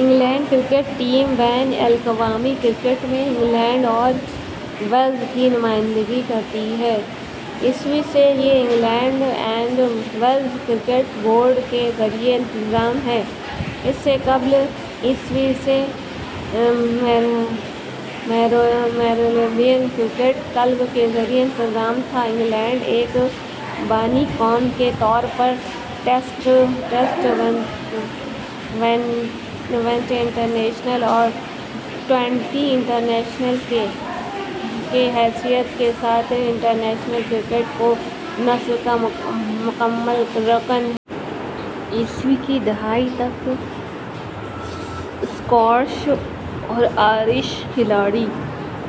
England cricket team بین الاقوامی cricket میں انگلینڈ اور ویلز کی نمائندگی کرتی ہے۔ ء سے، یہ England and Wales cricket board کے زیر انتظام ہے، اس سے قبل ء سے میریلیبون کرکٹ کلب کے زیر انتظام تھا انگلینڈ، ایک بانی قوم کے طور پر، ٹیسٹ ، ون ڈے انٹرنیشنل اور ٹوئنٹی انٹرنیشنل کی حیثیت کے ساتھ انٹرنیشنل کرکٹ کونسل کا مکمل رکن ہے۔ ء کی دہائی تک سکاٹش اور آئرش کھلاڑی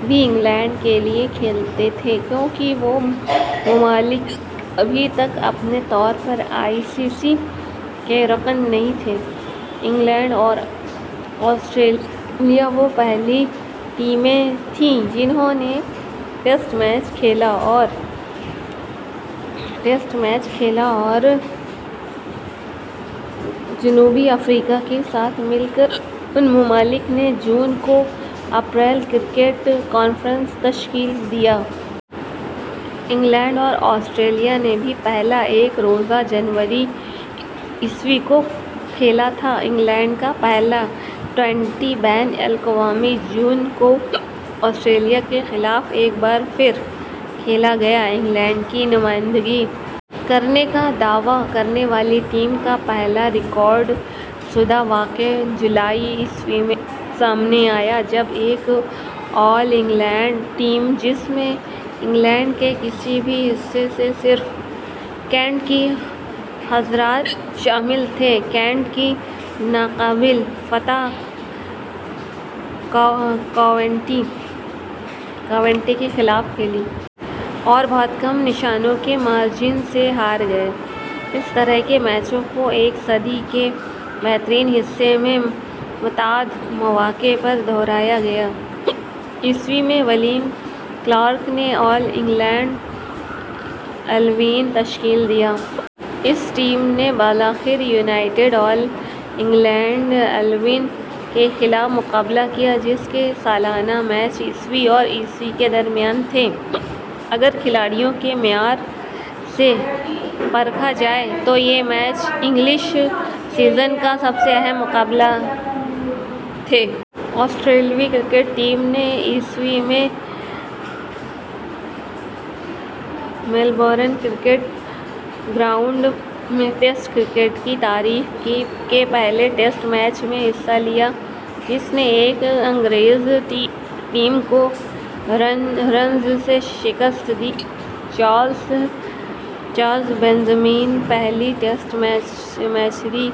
بھی انگلینڈ کے لیے کھیلتے تھے کیونکہ وہ ممالک ابھی تک اپنے طور پر آئی سی سی کے رکن نہیں تھے۔ انگلینڈ اور آسٹریلیا وہ پہلی ٹیمیں تھیں جنھوں نے ٹیسٹ میچ کھیلا اور جنوبی افریقہ کے ساتھ مل کر، ان ممالک نے جون ء کو امپیریل کرکٹ کانفرنس تشکیل دیا۔ انگلینڈ اور آسٹریلیا نے بھی پہلا ایک روزہ جنوری ء کو کھیلا تھا۔ انگلینڈ کا پہلا ٹوئنٹی بین الاقوامی جون ء کو آسٹریلیا کے خلاف ایک بار پھر کھیلا گیا۔ انگلینڈ کی نمائندگی کرنے کا دعویٰ کرنے والی ٹیم کا پہلا ریکارڈ شدہ واقعہ جولائی ء میں سامنے آیا جب ایک "آل انگلینڈ" ٹیم، جس میں انگلینڈ کے کسی بھی حصے سے صرف کینٹ کے حضرات شامل تھے، کینٹ کی "ناقابل فتح کاؤنٹی" کے خلاف کھیلی۔ اور "بہت کم نشانوں" کے مارجن سے ہار گئے۔ اس طرح کے میچوں کو ایک صدی کے بہترین حصے میں متعدد مواقع پر دہرایا گیا۔ ء میں ولیم کلارک نے آل انگلینڈ الیون تشکیل دیا۔ اس ٹیم نے بالآخر یونائیٹڈ آل انگلینڈ الیون کے خلاف مقابلہ کیا جس کے سالانہ میچ ء اور ء کے درمیان تھے۔ اگر کھلاڑیوں کے معیار سے پرکھا جائے تو یہ میچ انگلش سیزن کا سب سے اہم مقابلہ تھے۔ آسٹریلوی کرکٹ ٹیم نے ء میں میلبورن کرکٹ گراؤنڈ میں ٹیسٹ کرکٹ کی تاریخ کے پہلے ٹیسٹ میچ میں حصہ لیا، جس نے ایک انگریز ٹیم کو رنز سے شکست دی، چارلس بینرمین پہلی ٹیسٹ سنچری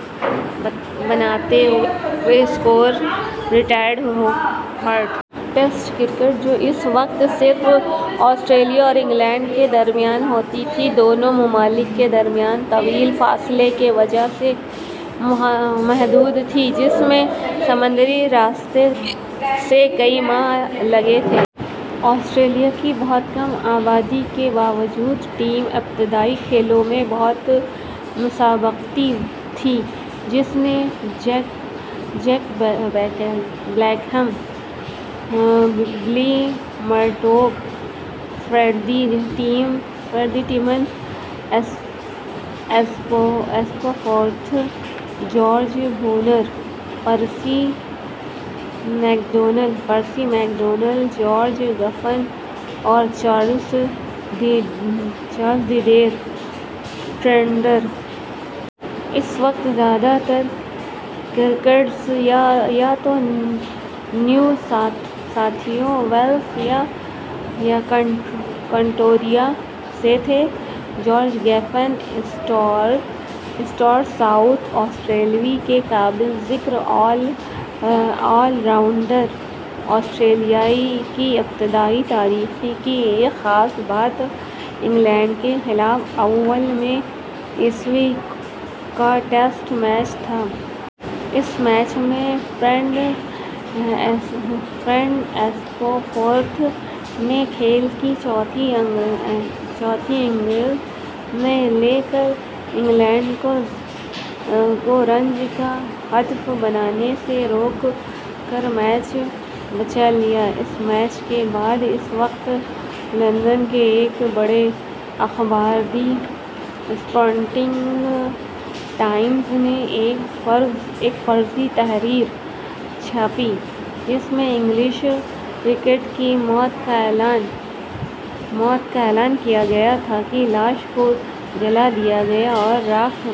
بناتے ہوئے، score retired hurt. Test cricket, جو اس وقت صرف آسٹریلیا اور انگلینڈ کے درمیان ہوتی تھی، دونوں ممالک کے درمیان طویل فاصلے کی وجہ سے محدود تھی، جس میں سمندری راستے سے کئی ماہ لگیں گے۔ آسٹریلیا کی بہت کم آبادی کے باوجود، ٹیم ابتدائی کھیلوں میں بہت مسابقتی تھی، جس نے Jack Blackham, Billy Murdoch, Fred "the Demon" Spofforth, George Bonnor, Percy McDonnell, George Giffen اور چارلس "دی ٹیرر" ٹرنر۔ اس وقت زیادہ تر کرکٹرز یا تو نیو ساؤتھ ویلز یا وکٹوریہ سے تھے، جارج گیفن، اسٹار ساؤتھ آسٹریلوی کے قابل ذکر آل راؤنڈر. آسٹریلیا کی ابتدائی تاریخ کی ایک خاص بات انگلینڈ کے خلاف اوول میں ء کا ٹیسٹ میچ تھا۔ اس میچ میں فریڈ اسپوفورتھ نے کھیل کی چوتھی اننگز میں / لے کر انگلینڈ کو رنز کا ہدف بنانے سے روک کر میچ بچا لیا۔ اس میچ کے بعد اس وقت لندن کے ایک بڑے اخبار دی سپورٹنگ ٹائمز نے ایک فرضی تحریر چھاپی جس میں انگلش کرکٹ کی موت کا اعلان کیا گیا تھا اور اعلان کیا گیا تھا کہ لاش کو جلا دیا گیا اور راکھ۔